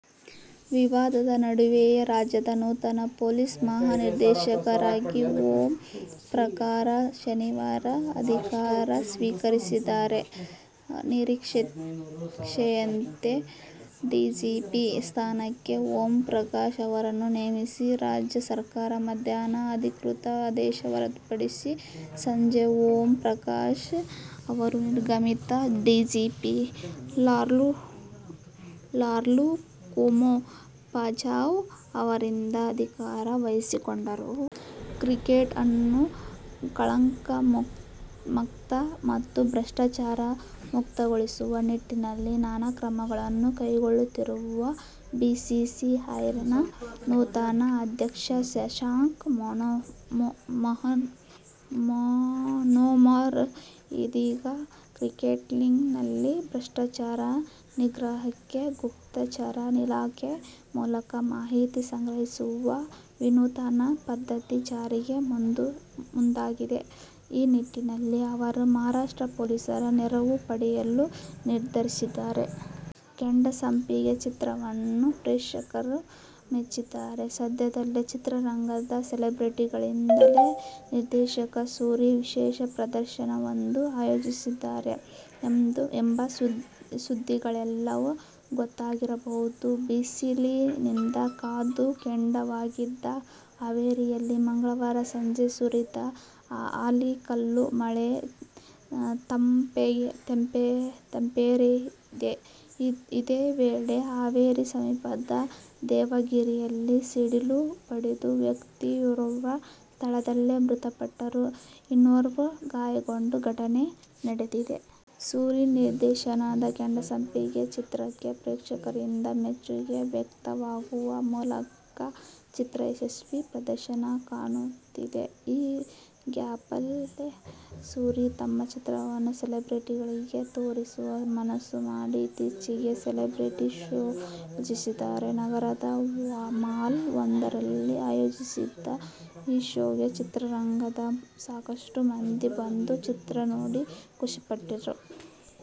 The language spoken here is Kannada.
ವಿವಾದದ ನಡುವೆಯೇ ರಾಜ್ಯದ ನೂತನ ಪೊಲೀಸ್ ಮಹಾ ನಿರ್ದೇಶಕರಾಗಿ ಓಂ ಪ್ರಕಾಶ್ ಶನಿವಾರ ಅಧಿಕಾರ ಸ್ವೀಕರಿಸಿದ್ದಾರೆ. ನಿರೀಕ್ಷೆಯಂತೆ ಡಿಜಿಪಿ ಸ್ಥಾನಕ್ಕೆ ಓಂ ಪ್ರಕಾಶ್ ಅವರನ್ನು ನೇಮಿಸಿ ರಾಜ್ಯ ಸರ್ಕಾರ ಮಧ್ಯಾಹ್ನ ಅಧಿಕೃತ ಆದೇಶ ಹೊರಡಿಸಿತು. ಸಂಜೆ ಓಂ ಪ್ರಕಾಶ್ ಅವರು ನಿರ್ಗಮಿತ ಡಿಜಿಪಿ ಲಾಲ್ರುಕುಮೋ ಪಚಾವ್ ಅವರಿಂದ ಅಧಿಕಾರ ವಹಿಸಿಕೊಂಡರು. ಕ್ರಿಕೆಟ್ ಅನ್ನು ಕಳಂಕಮಕ್ತ ಮತ್ತು ಭ್ರಷ್ಟಾಚಾರ ಮುಕ್ತಗೊಳಿಸುವ ನಿಟ್ಟಿನಲ್ಲಿ ನಾನಾ ಕ್ರಮಗಳನ್ನು ಕೈಗೊಳ್ಳುತ್ತಿರುವ ಬಿಸಿಸಿಐನ ನೂತನ ಅಧ್ಯಕ್ಷ ಶಶಾಂಕ್ ಮನೋಹರ್ ಇದೀಗ, ಕ್ರಿಕೆಟ್ನಲ್ಲಿನ ಭ್ರಷ್ಟಾಚಾರ ನಿಗ್ರಹಕ್ಕೆ ಗುಪ್ತಚರ ಇಲಾಖೆ ಮೂಲಕ ಮಾಹಿತಿ ಸಂಗ್ರಹಿಸುವ ವಿನೂತನ ಪದ್ಧತಿ ಜಾರಿಗೆ ಮುಂದಾಗಿದ್ದಾರೆ. ಈ ನಿಟ್ಟಿನಲ್ಲಿ ಅವರು ಮಹಾರಾಷ್ಟ್ರ ಪೊಲೀಸರ ನೆರವು ಪಡೆಯಲು ನಿರ್ಧರಿಸಿದ್ದಾರೆ. "ಕೆಂಡಸಂಪಿಗೆ' ಚಿತ್ರವನ್ನು ಪ್ರೇಕ್ಷಕರು ಮೆಚ್ಚಿದ್ದಾರೆ, ಸದ್ಯದಲ್ಲೇ ಚಿತ್ರರಂಗದ ಸೆಲೆಬ್ರಿಟಿಗಳಿಗೆಂದೇ ನಿರ್ದೇಶಕ ಸೂರಿ ವಿಶೇಷ ಪ್ರದರ್ಶನವೊಂದನ್ನು ಆಯೋಜಿಸುತ್ತಿದ್ದಾರೆ ಎಂಬ ಸುದ್ದಿಗಳೆಲ್ಲಾ ಗೊತ್ತಾಗಿರಬಹುದು. ಬಿಸಿಲಿನಿಂದ ಕಾದು ಕೆಂಡವಾಗಿದ್ದ ಹಾವೇರಿಯಲ್ಲಿ ಮಂಗಳವಾರ ಸಂಜೆ ಸುರಿದ ಆಲಿಕಲ್ಲು ಮಳೆ ತಂಪೆರೆದಿದೆ. ಇದೇ ವೇಳೆ ಹಾವೇರಿ ಸಮೀಪದ ದೇವಗಿರಿಯಲ್ಲಿ ಸಿಡಿಲು ಬಡಿದು ವ್ಯಕ್ತಿಯೋರ್ವ ಸ್ಥಳದಲ್ಲೇ ಮೃತಪಟ್ಟು, ಇನ್ನೋರ್ವ ಗಾಯಗೊಂಡ ಘಟನೆ ನಡೆದಿದೆ. ಸೂರಿ ನಿರ್ದೇಶನದ "ಕೆಂಡಸಂಪಿಗೆ' ಚಿತ್ರಕ್ಕೆ ಪ್ರೇಕ್ಷಕರಿಂದ ಮೆಚ್ಚುಗೆ ವ್ಯಕ್ತವಾಗುವಮೂಲಕ ಚಿತ್ರ ಯಶಸ್ವಿ ಪ್ರದರ್ಶನ ಕಾಣುತ್ತಿದೆ. ಈ ಗ್ಯಾಪಲ್ಲೇ ಸೂರಿ ತಮ್ಮ ಚಿತ್ರವನ್ನು ಸೆಲೆಬ್ರೆಟಿಗಳಿಗೆ ತೋರಿಸುವ ಮನಸ್ಸು ಮಾಡಿ, ಇತ್ತೀಚೆಗೆ ಸೆಲೆಬ್ರೆಟಿ ಶೋ ಆಯೋಜಿಸಿದ್ದರು. ನಗರದ ಮಾಲ್ ವೊಂದರಲ್ಲಿ ಆಯೋಜಿಸಿದ್ದ ಈ ಶೋಗೆ ಚಿತ್ರರಂಗದ ಸಾಕಷ್ಟು ಮಂದಿ ಬಂದು, ಚಿತ್ರ ನೋಡಿ ಖುಷಿಪಟ್ಟರು.